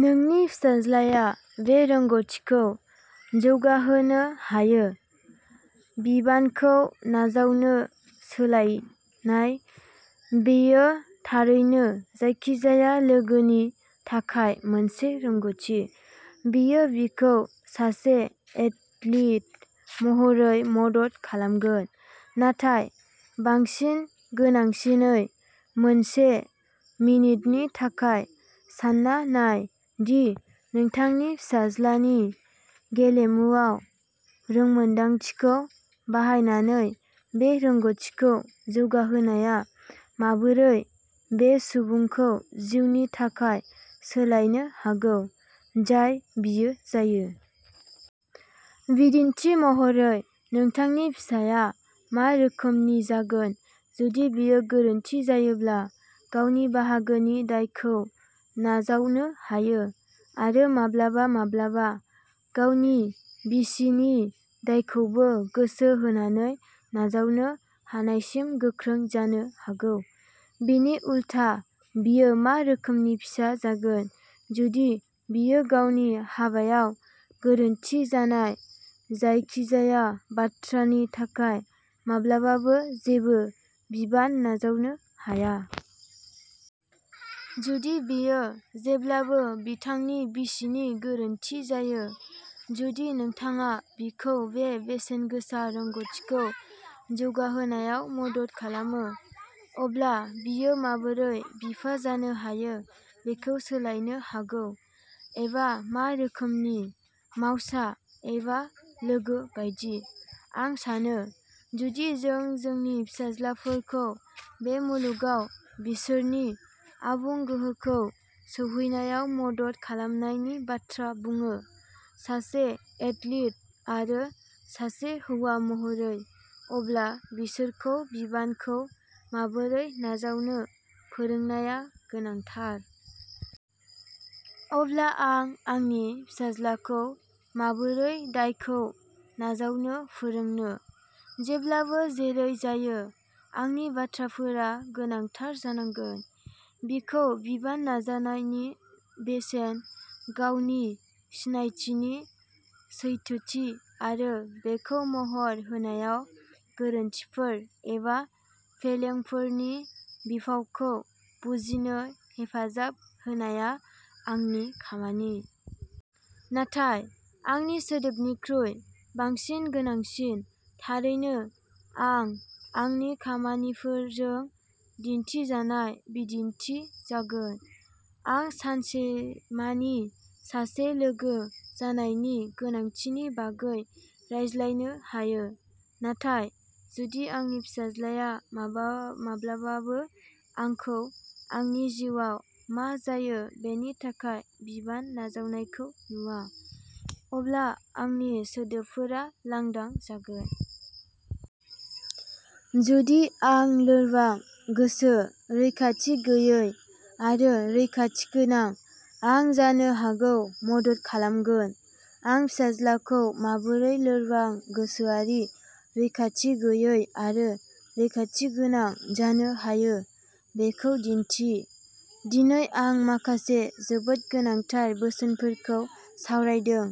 नोंनि फिसाज्लाया बे रोंग'थिखौ जौगाहोनो हायो-बिबानखौ नाजावनो सोलोंनाय। बेयो थारैनो जायखिजाया लोगोनि थाखाय मोनसे रोंग'थि। बेयो बिखौ सासे एथलीट महरै मदद खालामगोन। नाथाय, बांसिन गोनांसिनै, मोनसे मिनिटनि थाखाय सानना नाय दि नोंथांनि फिसाज्लानि गेलेमुआव रोंमोनदांथिखौ बाहायनानै बे रोंग'थिखौ जौगाहोनाया माबोरै बै सुबुंखौ जिउनि थाखाय सोलायनो हागौ जाय बियो जायो। बिदिन्थि महरै, नोंथांनि फिसाया मा रोखोमनि जागोन जुदि बियो गोरोन्थि जायोब्ला गावनि बाहागोनि दायखौ नाजावनो हायो, आरो माब्लाबा माब्लाबा गावनि बिसिनि दायखौबो गोसो होनानै नाजावनो हानायसिम गोख्रों जानो हागौ? बिनि उलथा, बियो मा रोखोमनि फिसाय जागोन जुदि बियो गावनि हाबायाव गोरोन्थि जानाय जायखिजाया बाथ्रानि थाखाय माब्लाबाबो जेबो बिबान नाजावनो हाया? जुदि बेयो जेब्लाबो बिथांनि बिसिनि गोरोन्थि जायो? जुदि नोंथाङा बिखौ बे बेसेनगोसा रोंग'थिखौ जौगाहोनायाव मदद खालामो, अब्ला बियो माबोरै बिफा जानो हायो बेखौ सोलायनो हागौ? एबा मा रोखोमनि। मावसा? एबा लोगो बायदि? आं सानो, जुदि जों जोंनि फिसाज्लाफोरखौ बे मुलुगाव बिसोरनि आबुं गोहोखौ सौहैनायाव मदद खालामनायनि बाथ्रा बुङो, सासे एथलीट आरो सासे हौवा महरै, अब्ला बिसोरखौ बिबानखौ माबोरै नाजावनो फोरोंनाया गोनांथार। अब्ला आं आंनि फिसाज्लाखौ माबोरै दायखौ नाजावनो फोरोंनो? जेब्लाबो जेरै जायो, आंनि बाथ्राफोरा गोनांथार जागोन। बिखौ बिबान नाजावनायनि बेसेन, गावनि सिनायथिनि सैथोथि, आरो बेखौ महर होनायाव गोरोन्थिफोर एबा फेलेंफोरनि बिफावखौ बुजिनो हेफाजाब होनाया आंनि खामानि। नाथाय आंनि सोदोबफोरनिख्रुइ बांसिन गोनांसिन, थारैनो, आं आंनि खामानिफोरजों दिन्थिजानाय बिदिन्थि जागोन। आं सानसेमानि सासे लोगो जानायनि गोनांथिनि बागै रायज्लायनो हायो, नाथाय जुदि आंनि फिसाज्लाया माब्लाबाबो आंखौ आंनि जिउआव मा जायो बेनि थाखाय बिबान नाजावनायखौ नुवा, अब्ला आंनि सोदोबफोरा लांदां जागोन। जुदि आं लोरबां-गोसो, रैखाथि गैयै, आरो रैखाथिगोनां, आं जानो हागौ मदद खालामगोन। आंनि फिसाज्लाखौ माबोरै लोरबां गोसोआरि, रैखाथि गैयै आरो रैखाथिगोनां जानो हायो बेखौ दिन्थि। दिनै आं माखासे जोबोद गोनांथार बोसोनफोरखौ सावरायदों,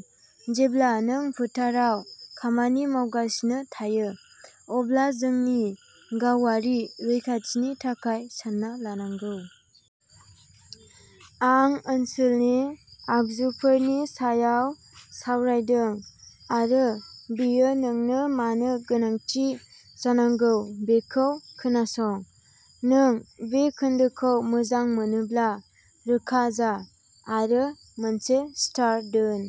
जेब्ला नों फोथाराव खामानि मावगासिनो थायो, अब्ला नोंनि गावारि रैखाथिनि थाखाय सानना लानांगौ। आं ओनसोलनि आगजुफोरनि सायाव सावरायदों आरो बेयो नोंनो मानो गोनांथि जानांगौ बेखौ खोनासं। नों बे खोन्दोखौ मोजां मोनोब्ला, रोखा जा आरो मोनसे "स्टार" दोन।